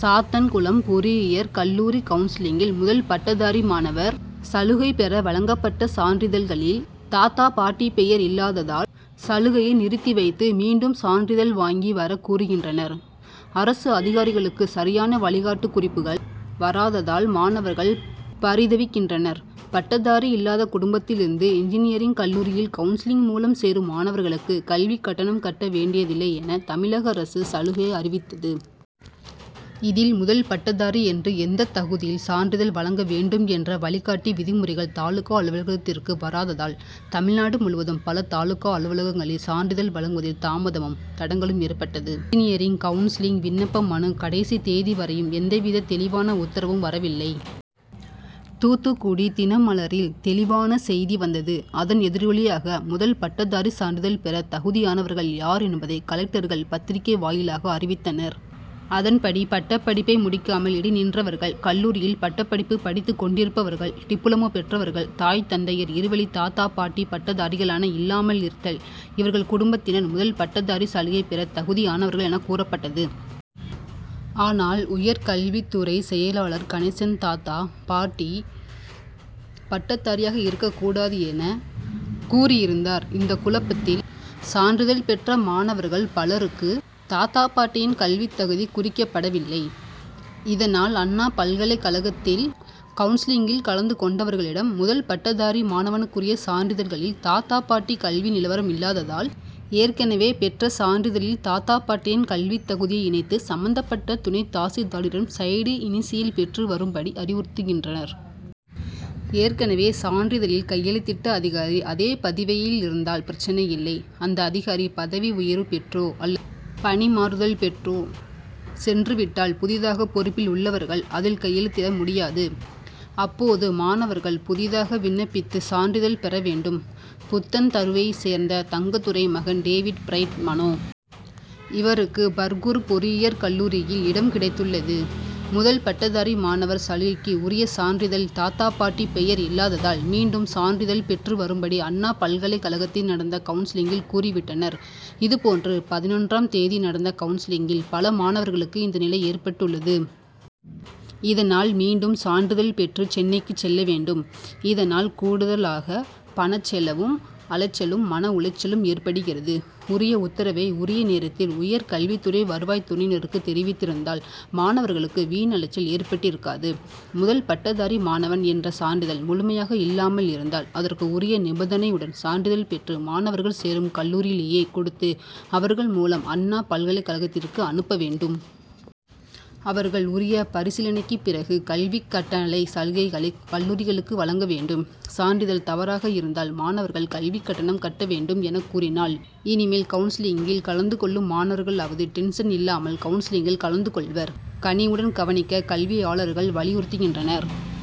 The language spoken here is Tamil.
சாத்தான்குளம் பொறியியற் கல்லூரி கவுன்சிலிங்கில் முதல்பட்டதாரி மாணவர் சலுகை பெற வழங்கப்பட்ட சான்றிதழ்களில் தாத்தா பாட்டி பெயர் இல்லாததால் சலுகையை நிறுத்தி வைத்து மீண்டும் சான்றிதழ் வாங்கி வர கூறுகின்றனர். அரசு அதிகாரிகளுக்கு சரியான வழிகாட்டு குறிப்புகள் வராததால் மாணவர்கள் பரிதவிக்கின்றனர். பட்டதாரி இல்லாத குடும்பத்திலிருந்து இன்ஜினியரிங் கல்லூரியில் கவுன்சிலிங் மூலம் சேரும் மாணவர்களுக்கு கல்விக் கட்டணம் கட்ட வேண்டியதில்லை என தமிழக அரசு சலுகை அறிவித்தது. இதில் முதல் பட்டதாரி என்று எந்தத் தகுதியில் சான்றிதழ் வழங்க வேண்டும் என்ற வழிகாட்டி விதிமுறைகள் தாலுகா அலுவலகத்திற்கு வராததால் தமிழ்நாடு முழுவதும் பல தாலுகா அலுவலகங்களில் சான்றிதழ் வழங்குவதில் தாமதமும் தடங்கலும் ஏற்பட்டது. இஞ்ஜினியரிங் கவுன்சிலிங் விண்ணப்ப மனு கடைசி தேதி வரையும் எந்தவித தெளிவான உத்தரவும் வரவில்லை. தூத்துக்குடி தினமலரில் விரிவான செய்தி வந்தது. அதன் எதிரொலியாக முதல்பட்டதாரி சான்றிதழ் பெற தகுதியானவர்கள் யார் என்பதை கலெக்டர்கள் பத்திரிகை வாயிலாக அறிவித்தனர். அதன் படி பட்டப்படிப்பை முடிக்காமல் இடை நின்றவர்கள், கல்லூரியில் பட்டப்படிப்பு படித்து கொண்டிருப்பவர்கள், டிப்ளமோ பெற்றவர்கள், தாய் தந்தையர் இருவழி தாத்தா பாட்டி பட்டதாரிகளான இல்லாமல் இருத்தல் இவர்கள் குடும்பத்தினர் முதல் பட்டதாரி சலுகை பெறத் தகுதியானவர்கள் என கூறப்பட்டது. ஆனால் உயர்கல்வித்துறைச் செயலாளர் கணேசன் தாத்தா, பாட்டி பட்டதாரியாக இருக்கக்கூடாது என கூறியிருந்தார். இந்த குழப்பத்தில் சான்றிதழ் பெற்ற மாணவர்கள் பலருக்கு தாத்தா பாட்டியின் கல்வித்தகுதி குறிக்கப்படவில்லை. இதனால் அண்ணா பல்கலைக் கழகத்தில் கவுன்சிலிங்கில் கலந்து கொண்டவர்களிடம் முதல் பட்டதாரி மாணவனுக்குரிய சான்றிதழ்களில் தாத்தா பாட்டி கல்வி நிலவரம் இல்லாததால் ஏற்கனவே பெற்ற சான்றிதழில் தாத்தா பாட்டியின் கல்வித் தகுதியை இணைத்து சம்பந்தப்பட்ட துணைத் தாசில்தாரிடம் சைடு இனிஷியல் பெற்றுவரும் படி அறிவுறுத்துகின்றனர். ஏற்கனவே சான்றிதழில் கையெழுத்திட்ட அதிகாரி அதே பதவியில் இருந்தால் பிரச்னை இல்லை. அந்த அதிகாரி பதவி உயர்வு பெற்றோ அல்லது பணிமாறுதல் பெற்றோ சென்று விட்டால் புதிதாக பொறுப்பில் உள்ளவர்கள் அதில் கையெழுத்திட முடியாது. அப்போது மாணவர்கள் புதிதாக விண்ணப்பித்து சான்றிதழ் பெற வேண்டும். புத்தன்தருவையைச் சேர்ந்த தங்கத்துரை மகன் டேவிட் பிரைட் மனோ. இவருக்கு பர்கூர் பொறியியற் கல்லூரியில் இடம் கிடைத்துள்ளது. முதல் பட்டதாரி மாணவர் சலுகைக்கு உரிய சான்றிதழில் தாத்தா பாட்டி பெயர் இல்லாததால் மீண்டும் சான்றிதழ் பெற்று வரும்படி அண்ணா பல்கலைக்கழகத்தில் நடந்த கவுன்சிலிங்கில் கூறி விட்டனர். இதுபோன்று பதினொன்றாம் தேதி நடந்த கவுன்சிலிங்கில் பல மாணவர்களுக்கு இந்த நிலை ஏற்பட்டுள்ளது. இதனால் மீண்டும் சான்றிதழ் பெற்று சென்னைக்கு செல்ல வேண்டும். இதனால் கூடுதலாக பணச் செலவும் அலைச்சலும், மன உளைச்சலும் ஏற்படுகிறது. உரிய உத்தரவை உரிய நேரத்தில் உயர் கல்வித்துறை வருவாய்த்துறையினருக்கு தெரிவித்திருந்தால் மாணவர்களுக்கு வீண் அலைச்சல் ஏற்பட்டிருக்காது. முதல் பட்டதாரி மாணவன் என்ற சான்றிதழ் முழுமையாக இல்லாமல் இருந்தால் அதற்கு உரிய நிபந்தனையுடன் சான்றிதழ் பெற்று மாணவர்கள் சேரும் கல்லூரியிலேயே கொடுத்து அவர்கள் மூலம் அண்ணா பல்கலைக்கழகத்திற்கு அனுப்ப வேண்டும். அவர்கள் உரிய பரிசீலனைக்குப் பிறகு கல்விக் கட்டணச் சலுகைகளை கல்லூரிகளுக்கு வழங்க வேண்டும். சான்றிதழ் தவறாக இருந்தால் மாணவர்கள் கல்விக்கட்டணம் கட்ட வேண்டும் என கூறினால் இனிமேல் கவுன்சிலிங்கில் கலந்து கொள்ளும் மாணவர்களாவது டென்ஷன் இல்லாமல் கவுன்சிலிங்கில் கலந்து கொள்வர். கனிவுடன் கவனிக்க கல்வியாளர்கள் வலியுறுத்துகின்றனர்.